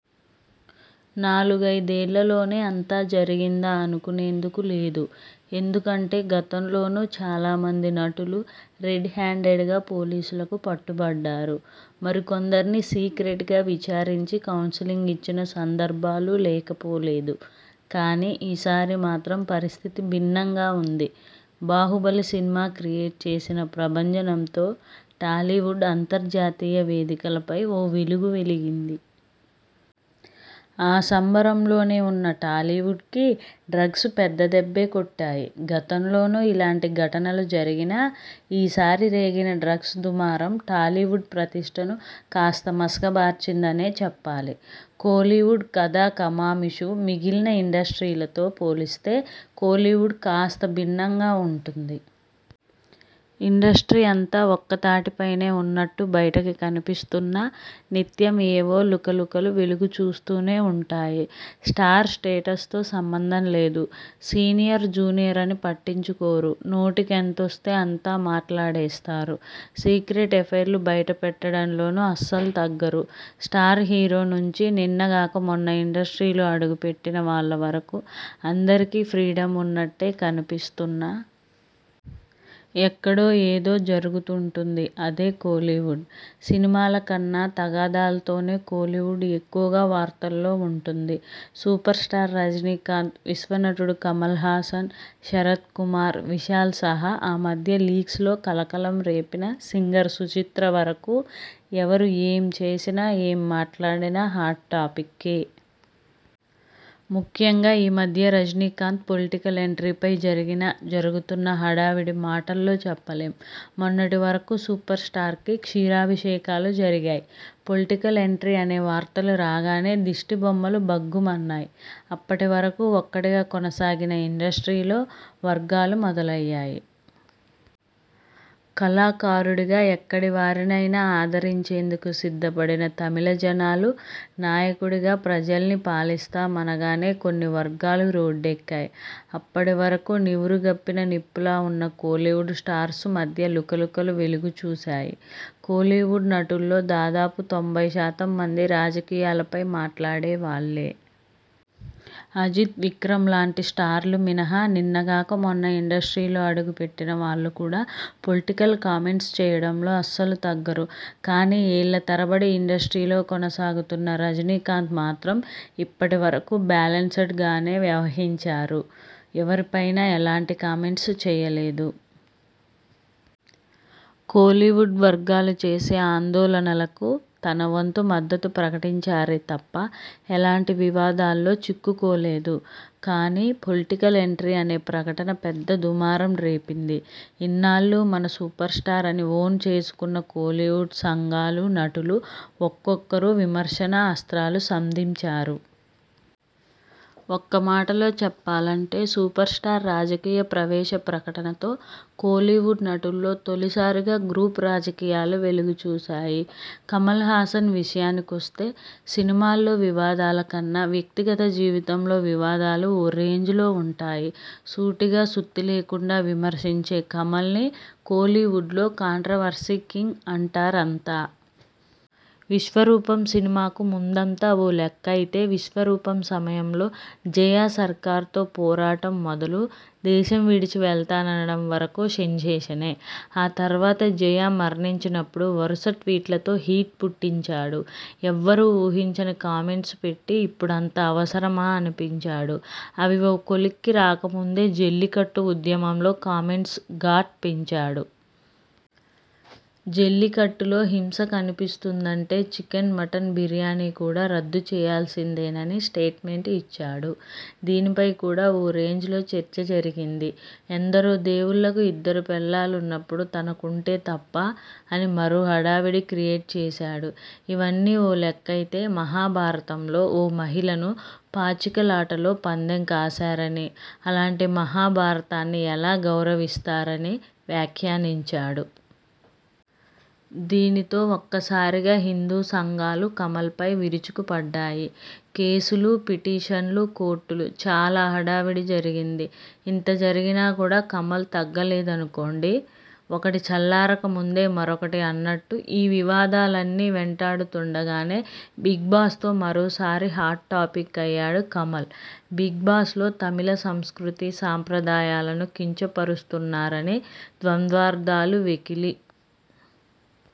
నాలుగైదేళ్ల లోనే అంతా జరిగిందా అనుకునేందుకు లేదు. ఎందుకంటే గతంలోనూ చాలామంది నటులు రెడ్ హ్యాండెడ్గా పోలీసులకు పట్టుబడ్డారు. మరికొందర్ని సీక్రెట్గా విచారించి కౌన్సిలింగ్ ఇచ్చిన సందర్భాలూ లేకపోలేదు. కానీ ఈ సారి మాత్రం పరిస్థితి భిన్నంగా ఉంది. బాహుబలి సినిమా క్రియేట్ చేసిన ప్రభంజనంతో టాలీవుడ్ అంతర్జాతీయ వేదికలపై ఓ వెలుగు వెలిగింది. ఆ సంబరం లోనే ఉన్న టాలీవుడ్కి డ్రగ్స్ పెద్ద దెబ్బే కొట్టాయి. గతంలోనూ ఇలాంటి ఘటనలు జరిగినా ఈ సారి రేగిన డ్రగ్స్ దుమారం టాలీవుడ్ ప్రతిష్టను కాస్త మసక బార్చిందనే చెప్పాలి. కోలీవుడ్ కథా కమామిషు మిగిలిన ఇండస్ట్రీలతో పోలిస్తే కోలీవుడ్ కాస్త భిన్నంగా ఉంటుంది. ఇండస్ట్రీ అంతా ఒక్కతాటి పైనే ఉన్నట్టు బయటకు కనిపిస్తున్నా నిత్యం ఏవో లుకలుకలు వెలుగు చూస్తూనే ఉంటాయి. స్టార్ స్టేటస్తో సంబంధం లేదు. సీనియర్-జూనియర్ అని పట్టించుకోరు. నోటికెంతొస్తే అంతా మాట్లాడేస్తారు. సీక్రెట్ ఎఫైర్లు బయట పెట్టడంలోనూ అస్సలు తగ్గరు. స్టార్ హీరో నుంచి నిన్న గాక మొన్న ఇండస్ట్రీలో అడుగు పెట్టిన వాళ్ల వరకూ అందరికీ ఫ్రీడమ్ ఉన్నట్టే కనిపిస్తున్నా.. ఎక్కడో ఏదో జరుగుతుంటుంది అదే కోలీవుడ్. సినిమాల కన్నా తగాదాలతోనే కోలీవుడ్ ఎక్కువగా వార్తల్లో ఉంటుంది. సూపర్ స్టార్ రజినీకాంత్, విశ్వనటుడు కమల్ హాసన్, శరత్ కుమార్, విశాల్ సహా ఆ మధ్య లీక్స్ లో కలకలం రేపిన సింగర్ సుచిత్ర వరకూ ఎవరు ఏం చేసినా, ఏం మాట్లాడినా హాట్ టాపిక్కే! ముఖ్యంగా ఈ మధ్య రజినీకాంత్ పొలిటికల్ ఎంట్రీ పై జరిగిన, జరుగుతున్న హడావుడి మాటల్లో చెప్పలేం. మొన్నటి వరకూ సూపర్ స్టార్కి క్షీరాభిషేకాలు జరిగాయ్. పొలిటికల్ ఎంట్రీ అనే వార్తలు రాగానే దిష్టి బొమ్మలు భగ్గుమన్నాయ్. అప్పటి వరకూ ఒక్కటిగా కొనసాగిన ఇండస్ట్రీలో వర్గాలు మొదలయ్యాయి. కళాకారుడిగా ఎక్కడి వారినైనా ఆదిరించేందుకు సిద్ధపడిన తమిళజనాలు, నాయకుడిగా ప్రజల్ని పాలిస్తాం అనగానే కొన్ని వర్గాలు రోడ్డెక్కాయ్. అప్పటి వరకూ నివురు గప్పిన నిప్పులా ఉన్న కోలీవుడ్ స్టార్స్ మధ్య లుకలుకలు వెలుగుచూశాయి. కోలీవుడ్ నటుల్లో దాదాపు తొంభై శాతం మంది రాజకీయాలపై మాట్లాడే వాళ్లే. అజిత్, విక్రమ్ లాంటి స్టార్లు మినహా నిన్న గాక మొన్న ఇండస్ట్రీలో అడుగుపెట్టిన వాళ్లు కూడా పొలిటికల్ కామెంట్స్ చేయడంలో అస్సలు తగ్గరు. కానీ ఏళ్ల తరబడి ఇండస్ట్రీలో కొనసాగుతున్న రజినీకాంత్ మాత్రం ఇప్పటి వరకూ బ్యాలెన్సెడ్ గానే వ్యవహించారు. ఎవ్వరి పైనా ఎలాంటి కామెంట్స్ చేయలేదు. కోలీవుడ్ వర్గాలు చేసే ఆందోళనలకు తన వంతు మద్దకు ప్రకటించారే తప్ప ఎలాంటి వివాదాల్లో చిక్కుకోలేదు. కానీ పొలిటికల్ ఎంట్రీ అనే ప్రకటన పెద్ద దుమారం రేపింది. ఇన్నాళ్లూ మన సూపర్ స్టార్ అని ఓన్ చేసుకున్న కోలీవుడ్ సంఘాలు, నటులు ఒక్కొక్కరు విమర్శన అస్త్రాలు సంధించారు. ఒక్కమాటలో చెప్పాలంటే సూపర్ స్టార్ రాజకీయ ప్రవేశ ప్రకటనతో కోలీవుడ్ నటుల్లో తొలిసారిగా గ్రూప్ రాజకీయాలు వెలుగు చూశాయి. కమల్ హాసన్ విషయానికొస్తే సినిమాల్లో వివాదాల కన్నా వ్యక్తిగత జీవితంలో వివాదాలు ఓ రేంజ్లో ఉంటాయి. సూటిగా సుత్తిలేకుండా విమర్శించే కమల్ని కోలీవుడ్లో కాంట్రవర్సీ కింగ్ అంటారంతా. విశ్వరూపం సినిమాకు ముందంతా ఓ లెక్క అయితే విశ్వరూపం సమయంలో జయ సర్కార్తో పోరాటం మొదలు దేశం విడిచి వెళతాననడం వరకూ సెన్షేషనే. ఆ తర్వాత జయ మరణించినప్పుడు వరుస ట్వీట్లతో హీట్ పుట్టించాడు. ఎవ్వరూ ఊహించని కామెంట్స్ పెట్టి ఇప్పుడంత అవసరమా అనిపించాడు. అవి ఓ కొలిక్కి రాకముందే జల్లికట్టు ఉద్యమంలో కామెంట్స్ ఘాట్ పెంచాడు. జల్లికట్టులో హింస కనిపిస్తుందంటే చికెన్, మటన్ బిర్యానీ కూడా రద్దు చేయాల్సిందేనని స్టేట్మెంట్ ఇచ్చాడు. దీనిపై కూడా ఓ రేంజ్లో చర్చ జరిగింది. ఎందరో దేవుళ్లకు ఇద్దరు పెళ్లాలున్నప్పుడు తనకుంటే తప్పా? అని మరో హడావుడి క్రియేట్ చేశాడు. ఇవన్నీ ఓ లెక్కైతే మహాభారతంలో ఓ మహిళను పాచికలాటలో పందెం కాశారని, అలాంటి మహాభారతాన్ని ఎలా గౌరవిస్తారని వ్యాఖ్యానించాడు. దీనితో ఒక్కసారిగా హిందూ సంఘాలు కమల్ పై విరుచుకు పడ్డాయి. కేసులు, పిటిషన్లు, కోర్టులు చాలా హడావుడి జరిగింది. ఇంత జరిగినా కూడా కమల్ తగ్గలేదనుకోండి! ఒకటి చల్లారక ముందే మరొకటి అన్నట్టు ఈ వివాదాలన్నీ వెంటాడుతుండగానే బిగ్ బాస్ తో మరోసారి హాట్ టాపిక్ అయ్యాడు కమల్. బిగ్ బాస్ లో తమిళ సంస్కృతి, సంప్రదాయాలను కించపరుస్తున్నారని, ద్వంద్వార్థాలు, వెకిలి